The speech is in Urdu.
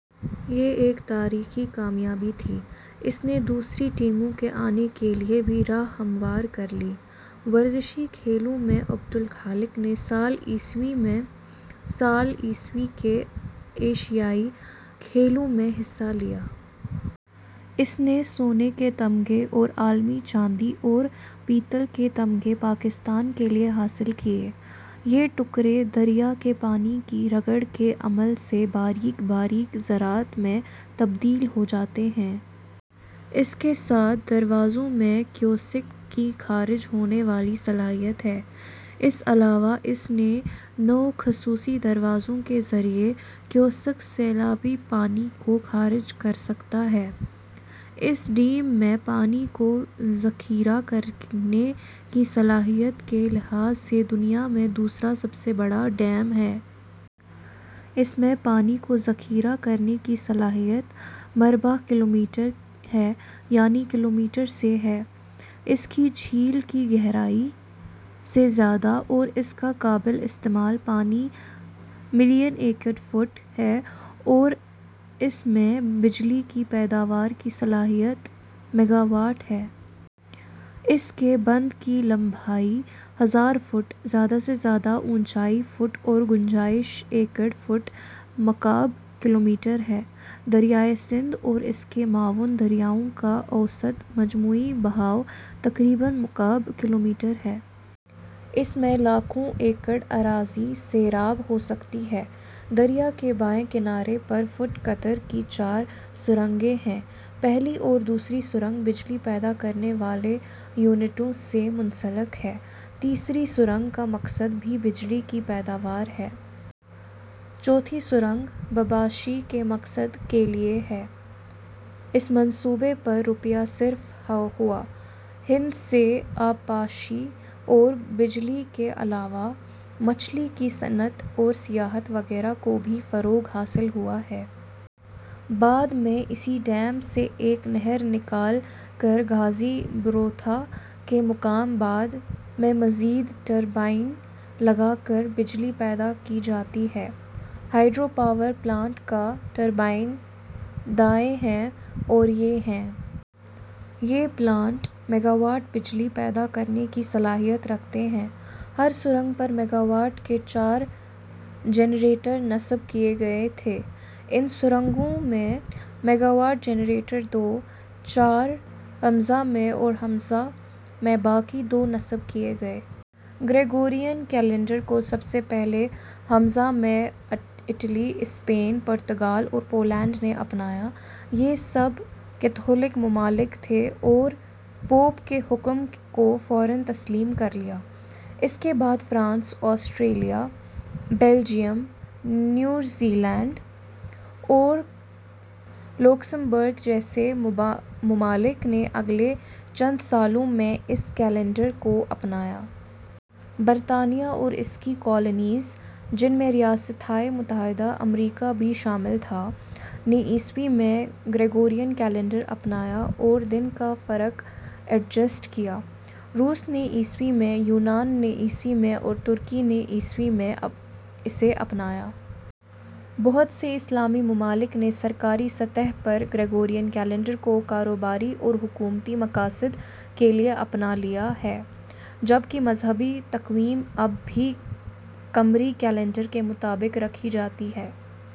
یہ ایک تاریخی کامیابی تھی۔ اس نے دوسری ٹیموں کے آنے کے لیے بھی راہ ہموار کر لی۔ ورزشی کھیلوں میں عبد الخالق نے سال ء اور سال ء کے ایشیائی کھیلوں میں حصہ لیا۔ اس نے سونے کے طمغے اور عالمی چاندی اور پیتل کے طمغے پاکستان کے لیے حاصل کیے۔ یہ ٹکرے دریا کے پانی کی رگڑ کے عمل سے باریک باریک زرات میں تبدیل ہوجاتے ہیں۔ اس کے سات دروازوں میں کیوسک کی خارج ہونے والی صلاحیت ہے۔ اس علاوہ اس کے نو خصوصی دروازوں کے ذریعہ کیوسک سیلابی پانی کو خارج کر سکتا ہے۔ اس ڈیم میں پانی کو ذخیرہ کرنے کی صلاحیت کے لحاظ سے دنیا میں دوسرا سب سے بڑا ڈیم ہے۔ اس میں پانی کو ذخیرہ کرنے کی صلاحیت;; مربع کلومیٹر ہے یعنی کلومیٹر سے ہے۔ اس کی جھیل کی گہرائی, سے زیادہ اور اس کا قابل استعمال پانی ملین ایکڑ فٹ ہے اور اس میں بجلی کی پیداوار کی صلاحیت میگاواٹ ہے۔ اس کے بند کی لمبائی ہزار فٹ، زیادہ سے زیادہ اونچائی فٹ اور گنجائش ایکڑ فٹ مکعب کلومیٹر ہے۔ دریائے سندھ اور اس کے معاون دریاءوں کا اوسط مجموعی بہاءو تقریباً مکعب کلومیٹر ہے۔ اس میں لاکھوں ایکڑ اراضی سیراب ہو سکتی ہے۔ دریا کے بائیں کنارے پر فٹ قطر کی چار سرنگیں ہیں۔ پہلی اور دوسری سرنگ بجلی پیدا کرنے والے یونٹوں سے منسلک ہے۔ تیسری سرنگ کا مقصد بھی بجلی کی پیداوار ہے۔ چوتھی سرنگ; ;بباشی کے مقصد کے لیے ہے۔ اس منصوبے پر; \; روپیہ صرف ہوا۔ بند سے آبپاشی اور بجلی کے علاوہ مچھلی کی صنعت اور سیاحت وغیرہ کو بھی فروغ حاصل ہوا ہے۔ بعد میں اسی ڈیم سے ایک نہر نکال کر غازی بروتھا کے مقام بعد میں مزید ٹربائنیں لگا کر بجلی پیدا کی جاتی ہے۔ ہائیڈرو پاور پلانٹ کا ٹربائیں دائیں ہیں اور یہ ہیں۔ یہ پلانٹ ، میگاواٹ بجلی پیدا کرنے کی صلاحیت رکھتے ہیں۔ ہر سرنگ پر میگاواٹ کے چار جنریٹر نصب کیے گئے تھے۔ ان سرنگوں می میگاواٹ جنریٹرز دو، چار ء میں اور ء میں باقی دو نصب کیے گئے۔ گریگورین کیلنڈر کو سب سے پہلے ء میں اٹلی ، اسپین ، پرتگال اور پولینڈ نے اپنایا۔ یہ سب کیتھولک ممالک تھے اور پوپ کے حکم کو فوراً تسلیم کر لیا۔ اس کے بعد فرانس ، آسٹریا ، بیلجیم ، نیدرلینڈز اور لوکسمبرگ جیسے ممالک نے اگلے چند سالوں میں اس کیلنڈر کو اپنایا۔ برطانیہ اور اس کی کالونیز، جن میں ریاستہائے متحدہ امریکہ بھی شامل تھا، نے ء میں گریگورین کیلنڈر اپنایا اور دن کا فرق ایڈجسٹ کیا۔ روس نے ء میں، یونان نے ء میں اور ترکی نے ء میں اسے اپنایا۔ بہت سے اسلامی ممالک نے سرکاری سطح پر گریگورین کیلنڈر کو کاروباری اور حکومتی مقاصد کے لیے اپنا لیا ہے، جبکہ مذہبی تقویم اب بھی قمری کیلنڈر کے مطابق رکھی جاتی ہے۔